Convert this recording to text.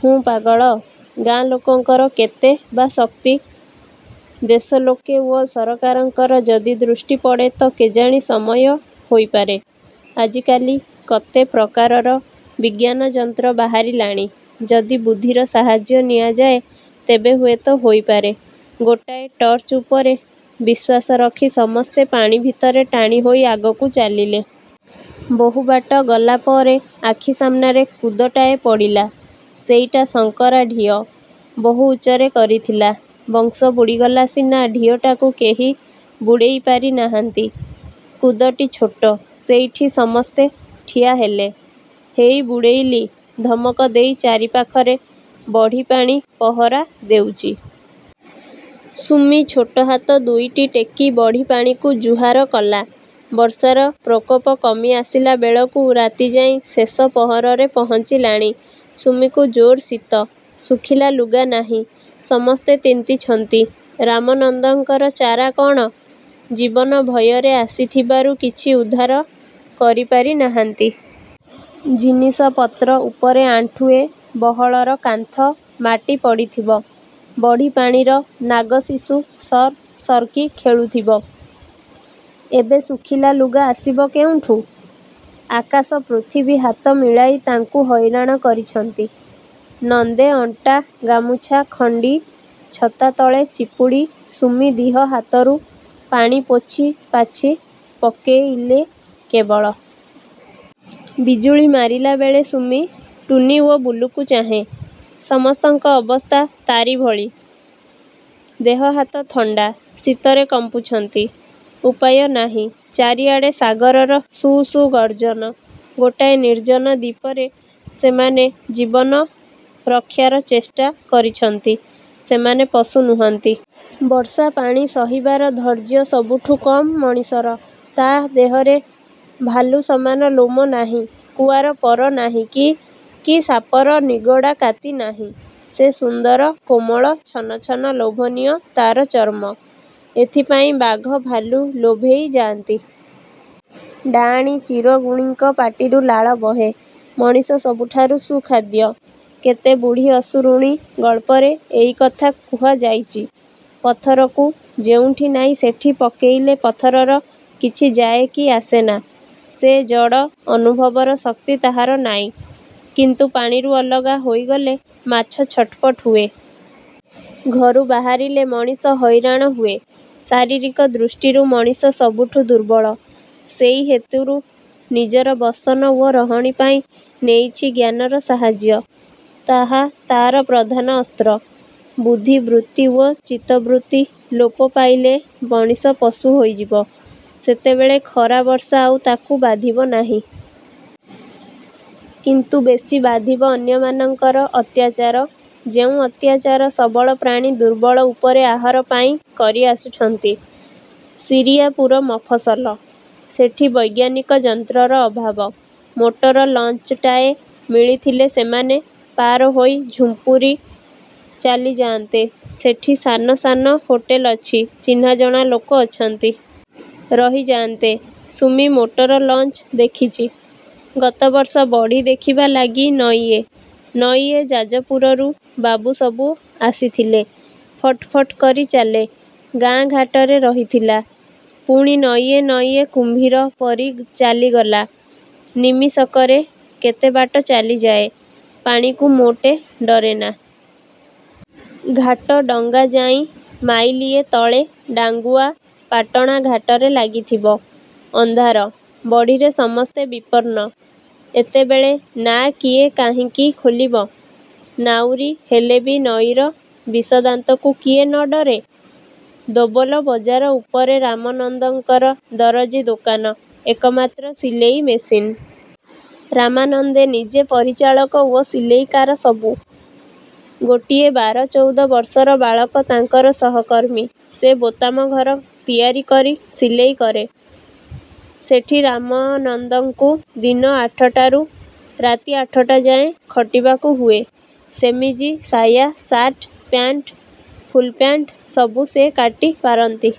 ହୁଁ, ପାଗଳ-। ଗାଁ ଲୋକଙ୍କର କେତେ ବା ଶକ୍ତି? ଦେଶ ଲୋକେ ଓ ସରକାରଙ୍କର ଯଦି ଦୃଷ୍ଟି ପଡ଼େ ତ କେଜାଣି ସମୟ ହୋଇପାରେ। ଆଜିକାଲି କତେ ପ୍ରକାରର ବିଜ୍ଞାନଯନ୍ତ୍ର ବାହାରିଲାଣି। ଯଦି ବୁଦ୍ଧିର ସାହାଯ୍ୟ ନିଆଯାଏ, ତେବେ ହୁଏତ ହୋଇପାରେ। ଗୋଟାଏ ଟର୍ଚ୍ଚ ଉପରେ ବିଶ୍ୱାସ ରଖି ସମସ୍ତେ ପାଣି ଭିତରେ ଟାଣି ହୋଇ ଆଗକୁ ଚାଲିଲେ। ବହୁ ବାଟ ଗଲାପରେ-ଆଖି ସାମ୍ନାରେ କୁଦଟାଏ ପଡ଼ିଲା। ସେଇଟା ଶଙ୍କରା ଢିଅ। ବହୁ ଉଚ୍ଚରେ କରିଥିଲା। ବଂଶ ବୁଡ଼ିଗଲା ସିନା ଢିଅଟାକୁ କେହି ବୁଡ଼େଇ ପାରି ନାହାନ୍ତି। କୁଦଟି ଛୋଟ-ସେଇଠି ସମସ୍ତେ ଠିଆ ହେଲେ। 'ହେଇ ବୁଡ଼େଇଲି' ଧମକ ଦେଇ ଚାରିପାଖରେ ବଢ଼ିପାଣି ପହରା ଦେଉଚି। ସୁମି ଛୋଟ ହାତ ଦୁଇଟି ଟେକି ବଢ଼ିପାଣିକୁ ଜୁହାର କଲା। ବର୍ଷାର ପ୍ରକୋପ କମି ଆସିଲାବେଳକୁ ରାତିଯାଇଁ ଶେଷ ପହରରେ ପହଞ୍ଚିଲାଣି। ସୁମିକୁ ଜୋର୍ ଶୀତ। ଶୁଖିଲା ଲୁଗାନାହିଁ। ସମସ୍ତେ ତିନ୍ତିଛନ୍ତି। ରାମନନ୍ଦଙ୍କର ଚାରା କଣ? ଜୀବନ ଭୟରେ ଆସିଥିବାରୁ କିଛି ଉଦ୍ଧାର କରିପାରି ନାହାନ୍ତି। ଜିନିଷପତ୍ର ଉପରେ ଆଣ୍ଠୁଏ ବହଳର କାନ୍ଥ-ମାଟି ପଡ଼ିଥିବ; ବଢ଼ିପାଣିର ନାଗଶିଶୁ ସର୍ ସର୍କି ଖେଳୁଥିବ। ଏବେ ଶୁଖିଲା ଲୁଗା ଆସିବ କେଉଁଠୁ? ଆକାଶ ପୃଥିବୀ ହାତ ମିଳାଇ ତାଙ୍କୁ ହଇରାଣ କରିଛନ୍ତି। ନନ୍ଦେ ଅଣ୍ଟା ଗାମୁଛା ଖଣ୍ଡି ଛତା ତଳେ ଚିପୁଡ଼ି ସୁମି ଦିହ ହାତରୁ ପାଣି ପୋଛି-ପାଛି ପକେଇଲେ କେବଳ। ବିଜୁଳି ମାରିଲାବେଳେ ସୁମି ଟୁନୀ ଓ ବୁଲୁକୁ ଚାହେଁ। ସମସ୍ତଙ୍କ ଅବସ୍ଥା ତାରି ଭଳି। ଦେହ ହାତ ଥଣ୍ଡା। ଶୀତରେ କମ୍ପୁଛନ୍ତି। ଉପାୟ ନାହିଁ। ଚାରିଆଡ଼େ ସାଗରର ସୁ-ସୁ ଗର୍ଜନ। ଗୋଟାଏ ନିର୍ଜ୍ଜନ ଦ୍ୱୀପରେ ସେମାନେ ଜୀବନ ରକ୍ଷାର ଚେଷ୍ଟା କରିଛନ୍ତି। ସେମାନେ ପଶୁ ନୁହନ୍ତି। ବର୍ଷା-ପାଣି ସହିବାର ଧୈର୍ଯ୍ୟ ସବୁଠୁଁ କମ୍ ମଣିଷର। ତା' ଦେହରେ ଭାଲୁ ସମାନ ଲୋମ ନାହିଁ, କୁଆର ପର ନାହିଁ କି, କି ସାପର ନିଗଡ଼ା କାତି ନାହିଁ। ସେ ସୁନ୍ଦର, କୋମଳ ଛନଛନ ଲୋଭନୀୟ ତାର ଚର୍ମ। ଏଥିପାଇଁ ବାଘ ଭାଲୁ ଲୋଭେଇ ଯାଆନ୍ତି। ଡାଆଣି ଚିରଗୁଣିଙ୍କ ପାଟିରୁ ଲାଳ ବହେ। ମଣିଷ ସବୁଠାରୁ ସୁଖାଦ୍ୟ। କେତେ ବୁଢ଼ୀ ଅସୁରୁଣୀ ଗଳ୍ପରେ ଏଇକଥା କୁହାଯାଇଚି। ପଥରକୁ ଯେଉଁଠି ନାଇଁ ସେଠି ପକେଇଲେ ପଥରର କିଛି ଯାଏ କି ଆସେନା। ସେ ଜଡ଼, ଅନୁଭବର ଶକ୍ତି ତାହାର ନାଇଁ। କିନ୍ତୁ ପାଣିରୁ ଅଲଗା ହୋଇଗଲେ ମାଛ ଛଟ୍ପଟ ହୁଏ। ଘରୁ ବାହାରିଲେ ମଣିଷ ହଇରାଣ ହୁଏ। ଶାରୀରିକ ଦୃଷ୍ଟିରୁ ମଣିଷ ସବୁଠୁଁ ଦୁର୍ବଳ। ସେଇହେତୁରୁ ନିଜର ବସନ ଓ ରହଣୀ ପାଇଁ ନେଇଛି ଜ୍ଞାନର ସାହାଯ୍ୟ। ତାହା ତାର ପ୍ରଧାନ ଅସ୍ତ୍ର। ବୁଦ୍ଧି ବୃତ୍ତି ଓ ଚିତ୍ତବୃତ୍ତି ଲୋପ ପାଇଲେ ମଣିଷ ପଶୁ ହୋଇଯିବ। ସେତେବେଳେ ଖରା ବର୍ଷା ଆଉ ତାକୁ ବାଧିବ ନାହିଁ। କିନ୍ତୁ ବେଶୀ ବାଧିବ ଅନ୍ୟମାନଙ୍କର ଅତ୍ୟାଚାର-ଯେଉଁ ଅତ୍ୟାଚାର ସବଳ ପ୍ରାଣୀ ଦୁର୍ବଳ ଉପରେ ଆହାର ପାଇଁ କରି ଆସୁଛନ୍ତି। ଶିରିଆପୁର ମଫସଲ। ସେଠି ବୈଜ୍ଞାନିକ ଯନ୍ତ୍ରର ଅଭାବ। ମୋଟର ଲଞ୍ଚଟାଏ ମିଳିଥିଲେ ସେମାନେ ପାର ହୋଇ ଝୁମ୍ପୁରି ଚାଲିଯାଆନ୍ତେ। ସେଠି ସାନ ସାନ ହୋଟେଲ ଅଛି, ଚିହ୍ନାଜଣା ଲୋକ ଅଛନ୍ତି। ରହିଯାନ୍ତେ। ସୁମି ମୋଟର ଲଞ୍ଚ ଦେଖିଚି। ଗତବର୍ଷ ବଢ଼ି ଦେଖିବା ଲାଗି ନଈଏ। ନଈଏ ଯାଜପୁରରୁ ବାବୁ ସବୁ ଆସିଥିଲେ। ଫଟ୍ ଫଟ୍ କରି ଚାଲେ। ଗାଁ ଘାଟରେ ରହିଥିଲା। ପୁଣି ନଈଏ ନଈଏ କୁମ୍ଭୀର ପରି ଚାଲିଗଲା। ନିମିଷକରେ କେତେ ବାଟ ଚାଲିଯାଏ। ପାଣିକୁ ମୋଟେ ଡରେନା। ଘାଟ ଡଙ୍ଗା ଯାଇଁ ମାଇଲିଏ ତଳେ ଡାଙ୍ଗୁଆ ପାଟଣା ଘାଟରେ ଲାଗିଥିବ। ଅନ୍ଧାର। ବଢ଼ିରେ ସମସ୍ତେ ବିପନ୍ନ। ଏତେବେଳେ ନାଆ କିଏ କାହିଁକି ଖୋଲିବ। ନାଉରି ହେଲେ ବି ନଈର ବିଷଦାନ୍ତକୁ କିଏ ନଡରେ? ଦୋବଲ ବଜାର ଉପରେ ରାମନନ୍ଦଙ୍କର ଦରଜୀ ଦୋକାନ। ଏକମାତ୍ର ସିଲେଇ ମେସିନ। ରାମାନନ୍ଦେ ନିଜେ ପରିଚାଳକ ଓ ସିଲେଇକାର ସବୁ। ଗୋଟିଏ ବାର ଚଉଦ ବର୍ଷର ବାଳକ ତାଙ୍କର ସହକର୍ମୀ। ସେ ବୋତାମଘର ତିଆରି କରି ସିଲେଇ କରେ। ସେଠି ରାମନନ୍ଦଙ୍କୁ ଦିନ ଆଠଟାରୁ ରାତି ଆଠଟା ଯାଏଁ ଖଟିବାକୁ ହୁଏ। ସେମିଜି, ସାୟା, ସାର୍ଟ, ପ୍ୟାଣ୍ଟ, ଫୁଲପ୍ୟାଣ୍ଟ୍ ସବୁ ସେ କାଟି ପାରନ୍ତି।